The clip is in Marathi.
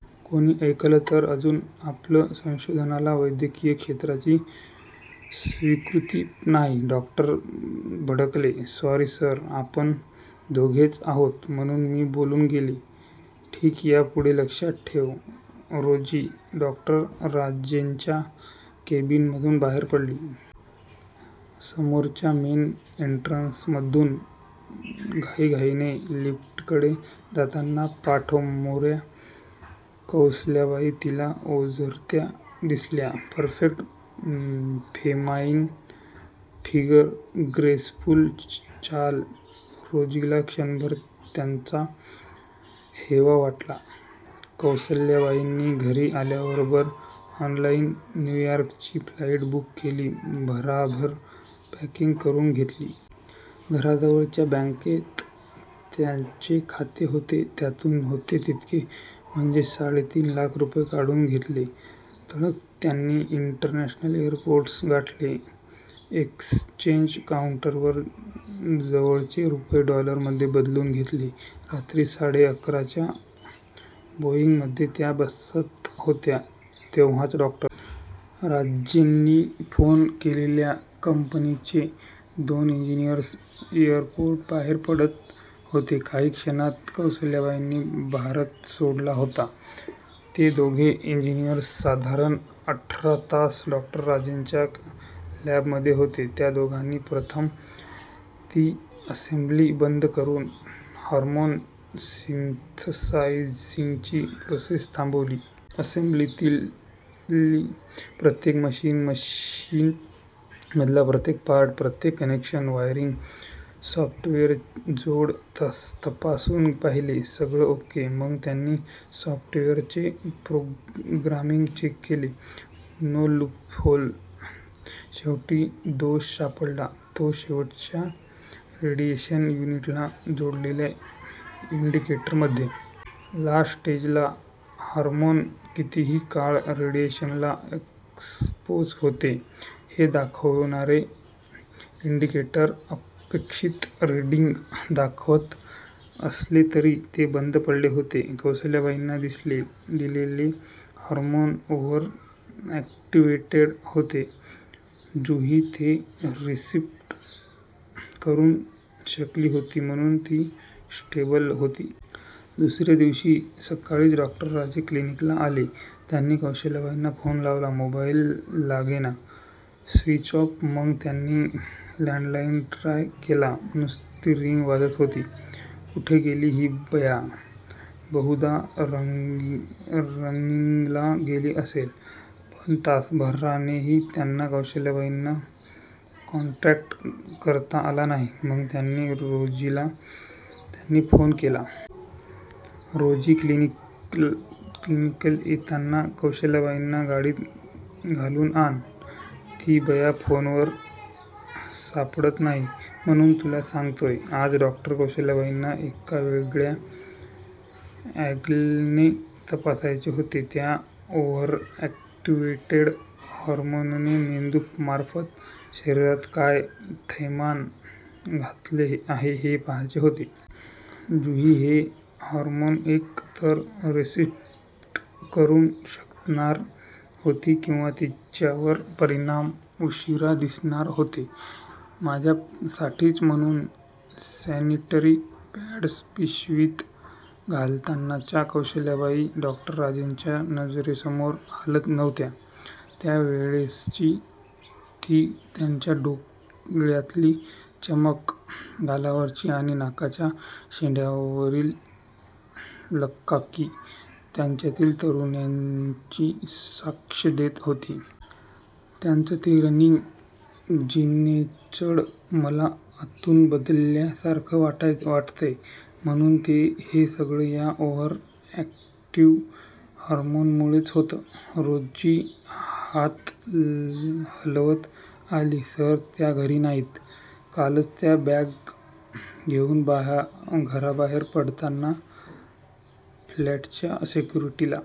कोणी ऐकलं तर? अजून आपलं संशोधनाला वैद्यकीय क्षेत्राची स्वीकृती नाही! डॉक्टर भडकले. "सॉरी सर, आपण दोघेच आहोत म्हणून मी बोलून गेले. "" ठीक, या पुढे लक्षात ठेव! " रोजी डॉ. राजेंच्या केबिन मधून बाहेर पडली. समोरच्या मेन एंट्रन्स मधून घाईघाईने लिफ्टकडे जाताना पाठमोऱ्या कौसल्याबाई तिला ओझरत्या दिसल्या! परफेक्ट फेमाईन फिगर, ग्रेसफुल चाल! रोजीला क्षणभर त्यांचा हेवा वाटला! कौसल्याबाईनी घरी आल्याबरोबर ऑनलाईन न्यूयार्कची फ्लाईट बुक केली. भराभर पॅकिंग करून घेतले. घराजवळच्या बँकेत त्याचे खाते होते. त्यातून होते तितके म्हणजे साडेतीन लाख रुपये काढून घेतले. तडक त्यांनी इंटरनॅशनल एअरपोर्ट गाठले. एक्सचेंज कॉउंटरवर जवळचे रुपये, डॉलरमध्ये बदलून घेतले. रात्री साडेअकराच्या बोईंग मध्ये त्या बसत होत्या, तेव्हाच डॉ. राजेंनी फोन केलेल्या कम्पनीचे दोन इंजिनियर्स एअरपोर्ट बाहेर पडत होते! काही क्षणात कौसल्याबाईंनी भारत सोडला होता! ते दोघे इंजिनियर्स साधारण आठरा तास डॉ. राजेंच्या लॅब मध्ये होते. त्या दोघांनी प्रथम ती असेम्ब्ली बंद करून, हार्मोन सिंथसायझिंगची प्रोसेस थांबावी. असेंब्लितली प्रत्येक मशीन, मशीन मधला प्रत्येक पार्ट, प्रत्येक कनेक्शन, वायरिंग, सॉफ्टवेरचेजोड तपासून पहिले. सगळं ओके! मग त्यांनी सॉफ्टवेयरचे प्रोग्रामिंग चेक केले. No loophole! शेवटी दोष सापडला तो शेवटच्या रेडिएशन युनिटला जोडलेल्या इंडिकेटर मध्ये! लास्ट स्टेजला हार्मोन, कितीही काळ रेडिएशनला एक्सपोज होते, हे दाखवणारे इंडिकेटर अपेक्षित रिडींग दाखवत असले तरी, ते बंद पडले होते! कौसल्याबाईंना दिलेले हार्मोन ओव्हर ऍक्टिव्हेटेड होते! जुही ते रेसिस्ट करू शकली होती, म्हणून ती स्टेबल होती! दुसरे दिवशी, सक्काळीच डॉ. राजे क्लिनिकला आले. त्यांनी कौशल्याबाईंना फोन लावला. मोबाईल लागेना. स्वीचऑफ! मग त्यांनी लँडलाईन ट्राय केला. नुस्ती रिंग वाजत होती. कुठे गेली हि बया? बहुदा रनिंगला गेली असेल! पण तासाभरानेही त्यांना कौशल्याबाईंना कॉन्टॅक्ट करता आला नाही, मग त्यांनी रोजीला त्यांनी फोन केला. "रोजी, क्लिनिकल येताना कौशल्याबाईंना गाडीत घालून आण! ती बया फोनवर सापडत नाहीय! म्हणून तुला सांगतोय! " आज डॉक्टर कौशल्याबाईंना एका वेगळ्या अँगलने तपासायचे होते. त्या ओव्हरऍक्टिव्हेटेड हार्मोनने मेंदू मार्फत शरीरात काय थैमान घातले आहे हे पहायचे होते. 'जुही' ते हार्मोन एक तर रेसिस्ट करू शकणार होती, किंवा तिच्यावर परिणाम उशिरा दिसणार होते. माझ्या साठीच! म्हणून सॅनिटरी पॅड्स पिशवीत घालतानाच्या कौसल्याबाई! डॉ. राजेंच्या नजरेसमोर हालत नव्हत्या. त्या वेळेसची, ती त्यांच्या डोळ्यातली चमक, गालावरली आणि नाकाच्या शेंड्यावरली लकाकी, त्याच्यातील तारुण्याची साक्ष देत होती! त्यांचं ते रनिंग, जिनेचढ़ण, 'मला आतून बदल्या सारखं वाटतय! ' म्हणणं, हे सगळं या ओव्हर ऍक्टिव्ह हार्मोन मुळेच होत! रोजी हात हलवत आली. सर, त्या घरी नाहीत. कालच त्या बॅगा घेऊन घराबाहेर पडताना फ्लॅटच्या सेक्युरिटीला